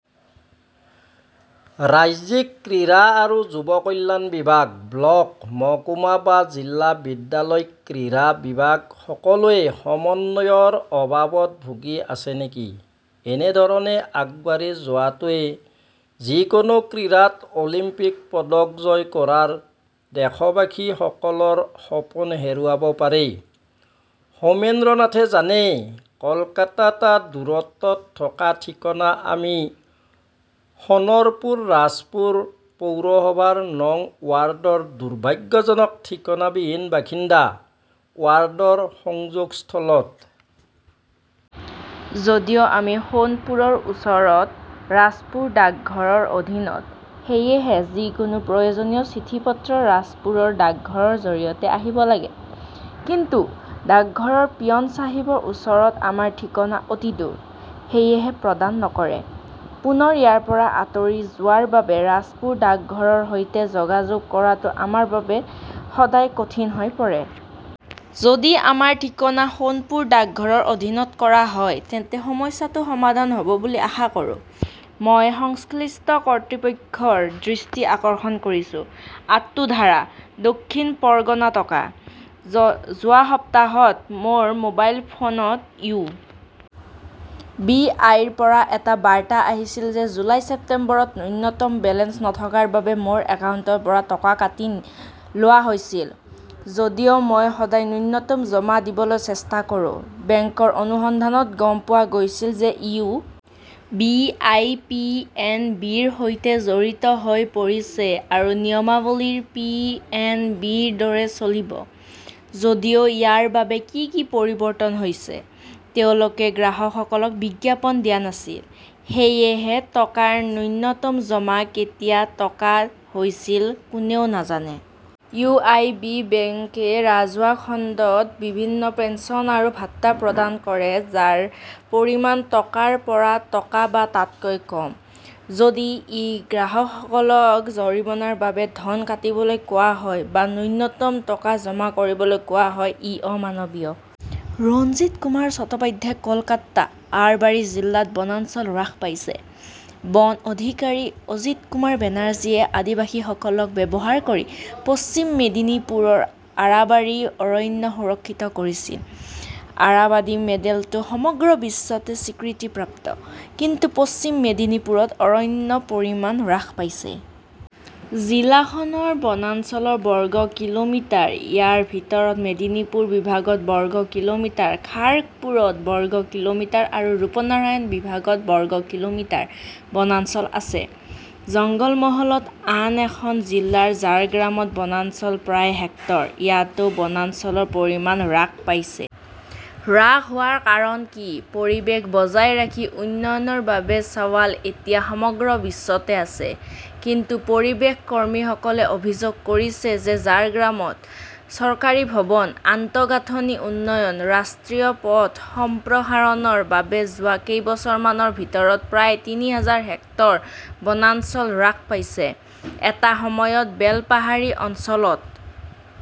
ৰাজ্যিক ক্ৰীড়া আৰু যুৱ কল্যাণ বিভাগ, ব্লক, মহকুমা বা জিলা বিদ্যালয় ক্ৰীড়া বিভাগ-সকলোৱে সমন্বয়ৰ অভাৱত ভুগি আছে নেকি? এনে ধৰণে আগবাঢ়ি যোৱাটোৱে যিকোনো ক্ৰীড়াত অলিম্পিক পদক জয় কৰাৰ দেশবাসীসকলৰ সপোন হেৰুৱাব পাৰে। সৌমেন্দ্ৰনাথে জানে, কলকাতা- টা দূৰত্বত থকা ঠিকনা আমি সোণৰপুৰ ৰাজপুৰ পৌৰসভাৰ নং ৱাৰ্ডৰ দুৰ্ভাগ্যজনক ঠিকনাবিহীন বাসিন্দা, ৱাৰ্ডৰ সংযোগস্থলত। যদিও আমি সোণৰপুৰৰ ওচৰত, ৰাজপুৰ ডাকঘৰৰ অধীনত। সেয়েহে যিকোনো প্ৰয়োজনীয় চিঠিপত্ৰ ৰাজপুৰ ডাকঘৰৰ জৰিয়তে আহিব লাগে। কিন্তু ডাকঘৰৰ পিয়োন চাহিবৰ ওচৰত আমাৰ ঠিকনা অতি দূৰ, সেয়েহে প্ৰদান নকৰে। পুনৰ ইয়াৰ পৰা আঁতৰি যোৱাৰ বাবে ৰাজপুৰ ডাকঘৰৰ সৈতে যোগাযোগ কৰাটোও আমাৰ বাবে সদায় কঠিন হৈ পৰে। যদি আমাৰ ঠিকনা সোণৰপুৰ ডাকঘৰৰ অধীনত কৰা হয়, তেন্তে সমস্যাটো সমাধান হ 'ব বুলি আশা কৰোঁ। মই সংশ্লিষ্ট কৰ্তৃপক্ষৰ দৃষ্টি আকৰ্ষণ কৰিছো। আট্টু ধাৰা, দক্ষিণ পৰগনা টকা! যোৱা সপ্তাহত মোৰ মোবাইল ফোনত ইউ. বি. আই. -ৰ পৰা এটা বাৰ্তা আহিছিল যে জুলাই-ছেপ্টেম্বৰত ন্যূনতম বেলেন্স নথকাৰ বাবে মোৰ একাউণ্টৰ পৰা টকা কাটি লোৱা হৈছিল। যদিও মই সদায় ন্যূনতম জমা দিবলৈ চেষ্টা কৰোঁ। বেংকৰ অনুসন্ধানত গম পোৱা গৈছিল যে U. B. I. P. N. B. -ৰ সৈতে জড়িত হৈ পৰিছে আৰু নিয়মাৱলী পি. এন. বি. -ৰ দৰে চলিব। যদিও ইয়াৰ বাবে কি কি পৰিৱৰ্তন হৈছে, তেওঁলোকে গ্ৰাহকসকলক বিজ্ঞাপন দিয়া নাছিল। সেয়েহে, টকাৰ ন্যূনতম জমা কেতিয়া টকা হৈছিল কোনেও নাজানে। ইউ. বি. আই. বেংকে ৰাজহুৱা খণ্ডত বিভিন্ন পেন্সন আৰু ভাত্তা প্ৰদান কৰে, যাৰ পৰিমাণ টকাৰ পৰা টকা বা তাতকৈ কম। যদি এই গ্ৰাহকসকলক জৰিমনাৰ বাবে ধন কাটিবলৈ কোৱা হয়, বা ন্যূনতম টকা জমা কৰিবলৈ কোৱা হয়, ই অমানৱীয়। ৰঞ্জিত কুমাৰ চট্টোপাধ্যায়, কলকাতা-। আৰবাৰী জিলাত বনাঞ্চল হ্ৰাস পাইছে। বন অধিকাৰী অজিতকুমাৰ বেনাৰ্জীয়ে আদিবাসীসকলক ব্যৱহাৰ কৰি পশ্চিম মেদিনীপুৰৰ আৰাবাৰী অৰণ্য সুৰক্ষিত কৰিছিল। আৰাবাদী মডেলটো সমগ্ৰ বিশ্বতে স্বীকৃতিপ্ৰাপ্ত। কিন্তু পশ্চিম মেদিনীপুৰত অৰণ্যৰ পৰিমাণ হ্ৰাস পাইছে। জিলাখনৰ বনাঞ্চল বৰ্গ কিলোমিটাৰ। ইয়াৰ ভিতৰত মেদিনীপুৰ বিভাগত বৰ্গ কিলোমিটাৰ, খাৰ্গপুৰত বৰ্গ কিলোমিটাৰ আৰু ৰূপনাৰায়ণ বিভাগত বৰ্গ কিলোমিটাৰ বনাঞ্চল আছে। জঙ্গলমহলৰ আন এখন জিলা ঝাৰগ্ৰামৰ বনাঞ্চল প্ৰায় হেক্টৰ। ইয়াতও বনাঞ্চলৰ পৰিমাণ হ্ৰাস পাইছে। হ্ৰাস হোৱাৰ কাৰণ কি? পৰিৱেশ বজাই ৰাখি উন্নয়নৰ বাবে চাৱাল এতিয়া সমগ্ৰ বিশ্বতে আছে। কিন্তু পৰিৱেশ কৰ্মীসকলে অভিযোগ কৰিছে যে ঝাৰগ্ৰামত চৰকাৰী ভৱন, আন্তঃগাঁথনি উন্নয়ন, ৰাষ্ট্ৰীয় পথ সম্প্ৰসাৰণৰ বাবে যোৱা কেইবছৰমানৰ ভিতৰত প্ৰায় তিনি হাজাৰ হেক্টৰ বনাঞ্চল হ্ৰাস পাইছে। এটা সময়ত বেলপাহাৰী অঞ্চলত